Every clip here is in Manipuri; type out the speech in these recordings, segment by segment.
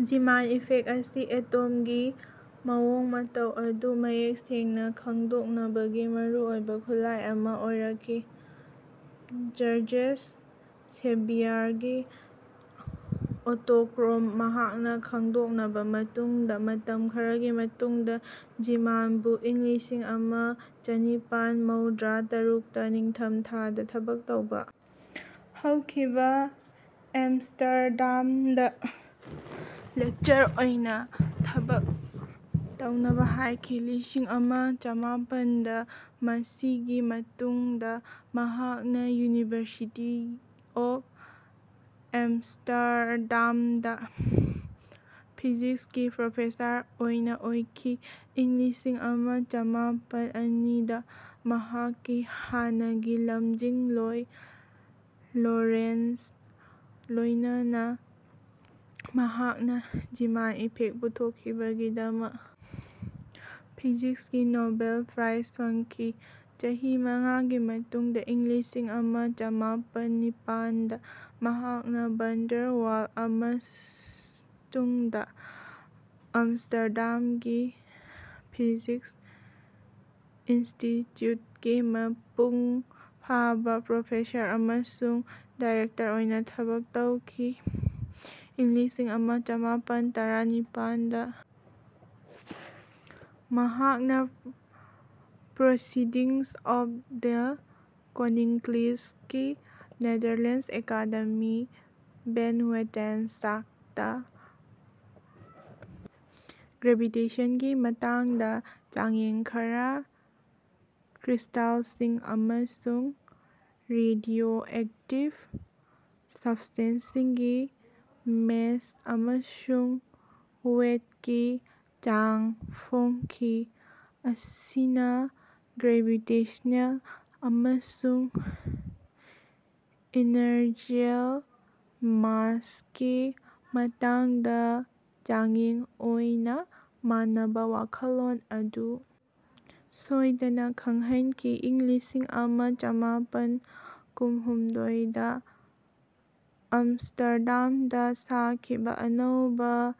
ꯖꯤꯃꯥꯟ ꯏꯐꯦꯛ ꯑꯁꯤ ꯑꯦꯇꯣꯝꯒꯤ ꯃꯑꯣꯡ ꯃꯇꯧ ꯑꯗꯨ ꯃꯌꯦꯛ ꯁꯦꯡꯅ ꯈꯪꯗꯣꯛꯅꯕꯒꯤ ꯃꯔꯨꯑꯣꯏꯕ ꯈꯨꯠꯂꯥꯏ ꯑꯃ ꯑꯣꯏꯔꯛꯈꯤ꯫ ꯖꯣꯔꯖꯦꯁ ꯁꯦꯚꯂꯤꯌꯔꯒꯤ ꯑꯣꯇꯣꯀ꯭ꯔꯣꯝ ꯃꯍꯥꯛꯅ ꯈꯪꯗꯣꯛꯅꯕ ꯃꯇꯨꯡꯗ ꯃꯇꯝ ꯈꯔꯒꯤ ꯃꯇꯨꯡꯗ ꯖꯤꯃꯥꯟꯕꯨ ꯏꯪ ꯂꯤꯁꯤꯡ ꯑꯃ ꯆꯅꯤꯄꯥꯟ ꯃꯧꯗ꯭ꯔꯥ ꯇꯔꯨꯛꯇ ꯅꯤꯡꯊꯝꯊꯥꯗ ꯊꯕꯛ ꯇꯧꯕ ꯍꯧꯈꯤꯕ ꯑꯝꯁꯇꯔꯗꯥꯝꯗ ꯂꯦꯛꯆꯔ ꯑꯣꯏꯅ ꯊꯕꯛ ꯇꯧꯅꯕ ꯍꯥꯏꯈꯤ꯫ꯂꯤꯁꯤꯡ ꯑꯃ ꯆꯃꯥꯄꯟꯗ ꯃꯁꯤꯒꯤ ꯃꯇꯨꯡꯗ ꯃꯍꯥꯛꯅ ꯌꯨꯅꯤꯚꯔꯁꯤꯇꯤ ꯑꯣꯐ ꯑꯦꯝꯁꯇꯔꯗꯥꯝꯗ ꯐꯤꯖꯤꯛꯁꯀꯤ ꯄ꯭ꯔꯣꯐꯦꯁꯔ ꯑꯣꯏꯅ ꯀꯥꯈꯤ꯫ ꯏꯪ ꯂꯤꯁꯤꯡ ꯑꯃ ꯆꯃꯥꯄꯟ ꯑꯅꯤꯗ ꯃꯍꯥꯛꯀꯤ ꯍꯥꯟꯅꯒꯤ ꯂꯝꯖꯤꯡꯂꯣꯏ ꯂꯣꯔꯦꯟꯠꯖꯒ ꯂꯣꯏꯅꯅꯥ ꯃꯍꯥꯛꯅ ꯖꯤꯃꯥꯟ ꯏꯐꯦꯛ ꯄꯨꯊꯣꯛꯈꯤꯕꯒꯤꯗꯃꯛ ꯐꯤꯖꯤꯛꯁꯀꯤ ꯅꯣꯕꯦꯜ ꯄ꯭ꯔꯥꯏꯖ ꯐꯪꯈꯤ꯫ ꯆꯍꯤ ꯃꯉꯥꯒꯤ ꯃꯇꯨꯡꯗ ꯏꯪ ꯂꯤꯁꯤꯡ ꯑꯃ ꯆꯃꯥꯄꯟ ꯅꯤꯄꯥꯟꯗ ꯃꯍꯥꯛꯅ ꯚꯥꯟ ꯗꯔ ꯋꯥꯜꯁ ꯃꯇꯨꯡꯗ ꯑꯝꯁꯇꯔꯗꯥꯝꯒꯤ ꯐꯤꯖꯤꯛꯁ ꯏꯟꯁꯇꯤꯇ꯭ꯌꯨꯠꯀꯤ ꯃꯄꯨꯡ ꯐꯥꯕ ꯄ꯭ꯔꯣꯐꯦꯁꯔ ꯑꯃꯁꯨꯡ ꯗꯤꯔꯦꯛꯇꯔ ꯑꯣꯏꯅ ꯊꯕꯛ ꯇꯧꯈꯤ꯫ ꯏꯪ ꯂꯤꯁꯤꯡ ꯑꯃ ꯆꯃꯥꯄꯟ ꯇꯔꯥꯅꯤꯄꯥꯟꯗ ꯃꯍꯥꯛꯅ proceedings of the Koninklijke Netherlands Academy van Wetenschappen ꯒ꯭ꯔꯦꯚꯤꯇꯦꯁꯟꯒꯤ ꯃꯇꯥꯡꯗ ꯆꯥꯡꯌꯦꯡ ꯈꯔ ꯀ꯭ꯔꯤꯁ꯭ꯇꯜꯁꯤꯡ ꯑꯃꯁꯨꯡ ꯔꯦꯗꯤꯌꯣꯑꯦꯛꯇꯤꯕ ꯁꯕꯁ꯭ꯇꯦꯟꯁꯤꯡꯒꯤ ꯃꯦꯁ ꯑꯃꯁꯨꯡ ꯋꯦꯠꯀꯤ ꯆꯥꯡ ꯐꯣꯡꯈꯤ ꯃꯁꯤꯅ ꯒ꯭ꯔꯦꯕꯤꯇꯦꯁ꯭ꯅꯦꯜ ꯑꯃꯁꯨꯡ ꯏꯟꯔꯁꯤꯌꯦꯜ ꯃꯦꯁꯀꯤ ꯃꯇꯥꯡꯗ ꯆꯥꯡꯌꯦꯡ ꯑꯣꯏꯅ ꯃꯥꯟꯅꯕ ꯋꯥꯈꯜꯂꯣꯟ ꯑꯗꯨ ꯁꯣꯏꯗꯅ ꯈꯪꯍꯟꯈꯤ꯫ ꯏꯪ ꯂꯤꯁꯤꯡ ꯑꯃ ꯆꯃꯥꯄꯟ ꯀꯨꯟꯍꯨꯝꯗꯣꯏꯗ ꯑꯝꯁꯇꯔꯗꯥꯝꯗ ꯁꯥꯈꯤꯕ ꯑꯅꯧꯕ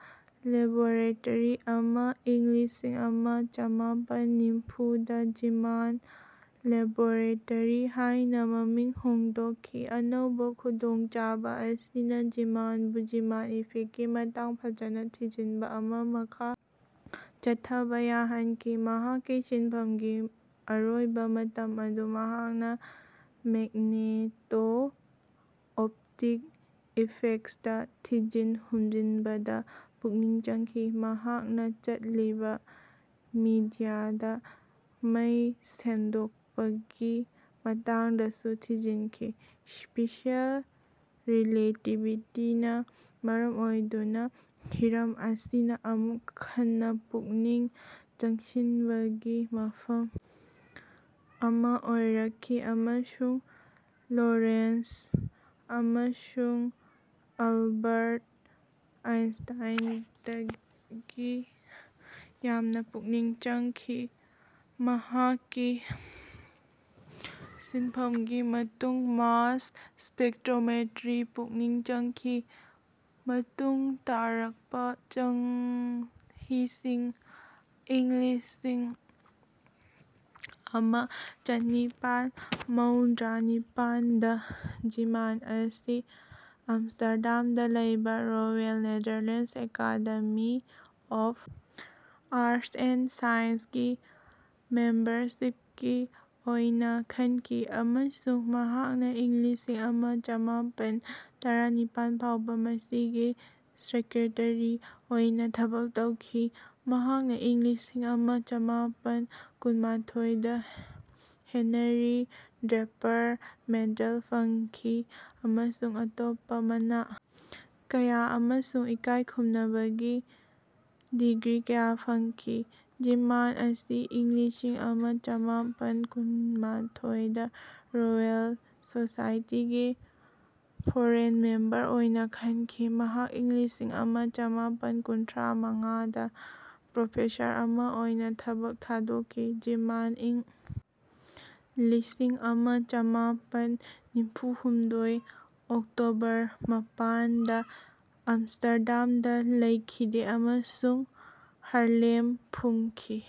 ꯂꯦꯕꯣꯔꯦꯇꯔꯤ ꯑꯃꯥ ꯏꯪ ꯂꯤꯁꯤꯡ ꯑꯃ ꯆꯃꯥꯄꯟ ꯅꯤꯝꯐꯨꯗ ꯖꯤꯃꯥꯟ ꯂꯦꯕꯣꯔꯦꯇꯔꯤ ꯍꯥꯏꯅ ꯃꯃꯤꯡ ꯍꯣꯡꯗꯣꯛꯈꯤ꯫ ꯑꯅꯧꯕ ꯈꯨꯗꯣꯡꯆꯥꯕ ꯑꯁꯤꯅ ꯖꯤꯃꯥꯟꯕꯨ ꯖꯤꯃꯥꯟ ꯏꯐꯦꯛꯀꯤ ꯃꯇꯥꯡꯗ ꯐꯖꯅ ꯊꯤꯖꯤꯟꯕ ꯑꯃꯥ ꯃꯈꯥ ꯆꯠꯊꯕ ꯌꯥꯍꯟꯈꯤ꯫ ꯃꯍꯥꯛꯀꯤ ꯁꯤꯟꯐꯝꯒꯤ ꯑꯔꯣꯏꯕ ꯃꯇꯝ ꯑꯗꯨ ꯃꯍꯥꯛꯅ ꯃꯦꯒꯅꯦꯇꯣ ꯑꯣꯞꯇꯤꯛ ꯏꯐꯦꯛ꯭ꯁꯇ ꯊꯤꯖꯤꯟ ꯍꯨꯝꯖꯤꯟꯕꯗ ꯄꯨꯛꯅꯤꯡ ꯆꯪꯈꯤ꯫ ꯃꯍꯥꯛꯅ ꯆꯠꯂꯤꯕ ꯃꯤꯗꯤꯌꯥꯗ ꯃꯩ ꯁꯟꯗꯣꯛꯄꯒꯤ ꯃꯇꯥꯡꯗꯁꯨ ꯊꯤꯖꯤꯟꯈꯤ꯫ ꯁ꯭ꯄꯦꯁꯤꯌꯦꯜ ꯔꯤꯂꯦꯇꯤꯚꯤꯇꯤꯅ ꯃꯔꯝ ꯑꯣꯏꯗꯨꯅ ꯍꯤꯔꯝ ꯑꯁꯤꯅ ꯑꯃꯨꯛ ꯍꯟꯅ ꯄꯨꯛꯅꯤꯡ ꯆꯪꯁꯤꯟꯕꯒꯤ ꯃꯐꯝ ꯑꯃ ꯑꯣꯏꯔꯛꯈꯤ ꯑꯃꯁꯨꯡ ꯂꯣꯔꯦꯟꯠꯖ ꯑꯃꯁꯨꯡ ꯑꯦꯜꯕꯔꯠ ꯑꯥꯏꯟꯁ꯭ꯇꯤꯟꯗꯒꯤ ꯌꯥꯝꯅ ꯄꯨꯛꯅꯤꯡ ꯆꯪꯈꯤ꯫ ꯃꯍꯥꯛꯀꯤ ꯁꯤꯟꯐꯝꯒꯤ ꯃꯇꯨꯡꯗ ꯃꯥꯁ ꯁ꯭ꯄꯦꯛꯇ꯭ꯔꯣꯃꯦꯇ꯭ꯔꯤ ꯄꯨꯛꯅꯤꯡ ꯆꯪꯈꯤ꯫ ꯃꯇꯨꯡ ꯇꯥꯔꯛꯄ ꯆꯩꯍꯤꯁꯤꯡ ꯏꯪ ꯂꯤꯁꯤꯡ ꯑꯃ ꯆꯅꯤꯄꯥꯟ ꯃꯧꯗ꯭ꯔꯥꯅꯤꯄꯥꯟꯗ ꯖꯤꯃꯥꯟ ꯑꯁꯤ ꯑꯝꯁꯇꯔꯗꯥꯝꯗ ꯂꯩꯕ Royal Netherlands Academy of Arts and ꯁꯥꯏꯟꯁꯒꯤ ꯃꯦꯝꯕꯔꯁꯤꯞꯀꯤ ꯑꯣꯏꯅ ꯈꯟꯈꯤ ꯑꯃꯁꯨꯡ ꯃꯍꯥꯛꯅ ꯏꯪ ꯂꯤꯁꯤꯡ ꯑꯃ ꯆꯃꯥꯄꯟ ꯇꯔꯥꯅꯤꯄꯥꯟ ꯐꯥꯎꯕ ꯃꯁꯤꯒꯤ ꯁꯦꯀ꯭ꯔꯦꯇꯔꯤ ꯑꯣꯏꯅ ꯊꯕꯛ ꯇꯧꯈꯤ꯫ ꯃꯍꯥꯛꯅ ꯏꯪ ꯂꯤꯁꯤꯡ ꯑꯃ ꯆꯃꯥꯄꯟ ꯀꯨꯟꯃꯥꯊꯣꯏꯗ ꯍꯦꯟꯔꯤ ꯗ꯭ꯔꯦꯄꯔ ꯃꯦꯗꯜ ꯐꯪꯈꯤ ꯑꯃꯁꯨꯡ ꯑꯇꯣꯞꯄ ꯃꯅꯥ ꯀꯌꯥ ꯑꯃꯁꯨꯡ ꯏꯀꯥꯏꯈꯨꯝꯅꯕꯒꯤ ꯗꯤꯒ꯭ꯔꯤ ꯀꯌꯥ ꯐꯪꯈꯤ꯫ ꯖꯤꯃꯥꯟ ꯑꯁꯤ ꯏꯪ ꯂꯤꯁꯤꯡ ꯑꯃ ꯆꯃꯥꯄꯟ ꯀꯨꯟꯃꯥꯊꯣꯏꯗ ꯔꯣꯌꯦꯜ ꯁꯣꯁꯥꯏꯇꯤꯒꯤ ꯐꯣꯔꯦꯟ ꯃꯦꯝꯕꯔ ꯑꯣꯏꯅ ꯈꯟꯈꯤ꯫ ꯃꯍꯥꯛ ꯏꯪ ꯂꯤꯁꯤꯡ ꯑꯃ ꯆꯃꯥꯄꯟ ꯀꯨꯟꯊ꯭ꯔꯥ ꯃꯉꯥꯗ ꯄ꯭ꯔꯣꯐꯦꯁꯔ ꯑꯃ ꯑꯣꯏꯅ ꯊꯕꯛ ꯊꯥꯗꯣꯛꯈꯤ꯫ ꯖꯤꯃꯥꯟ ꯏꯪ ꯂꯤꯁꯤꯡ ꯑꯃ ꯆꯃꯥꯄꯟ ꯅꯤꯝꯐꯨꯍꯨꯝꯗꯣꯏ ꯑꯣꯛꯇꯣꯕꯔ ꯃꯥꯄꯟꯗ ꯑꯝꯁꯇꯔꯗꯥꯝꯗ ꯂꯩꯈꯤꯗꯦ ꯑꯃꯁꯨꯡ ꯍꯥꯔꯂꯦꯝ ꯐꯨꯝꯈꯤ꯫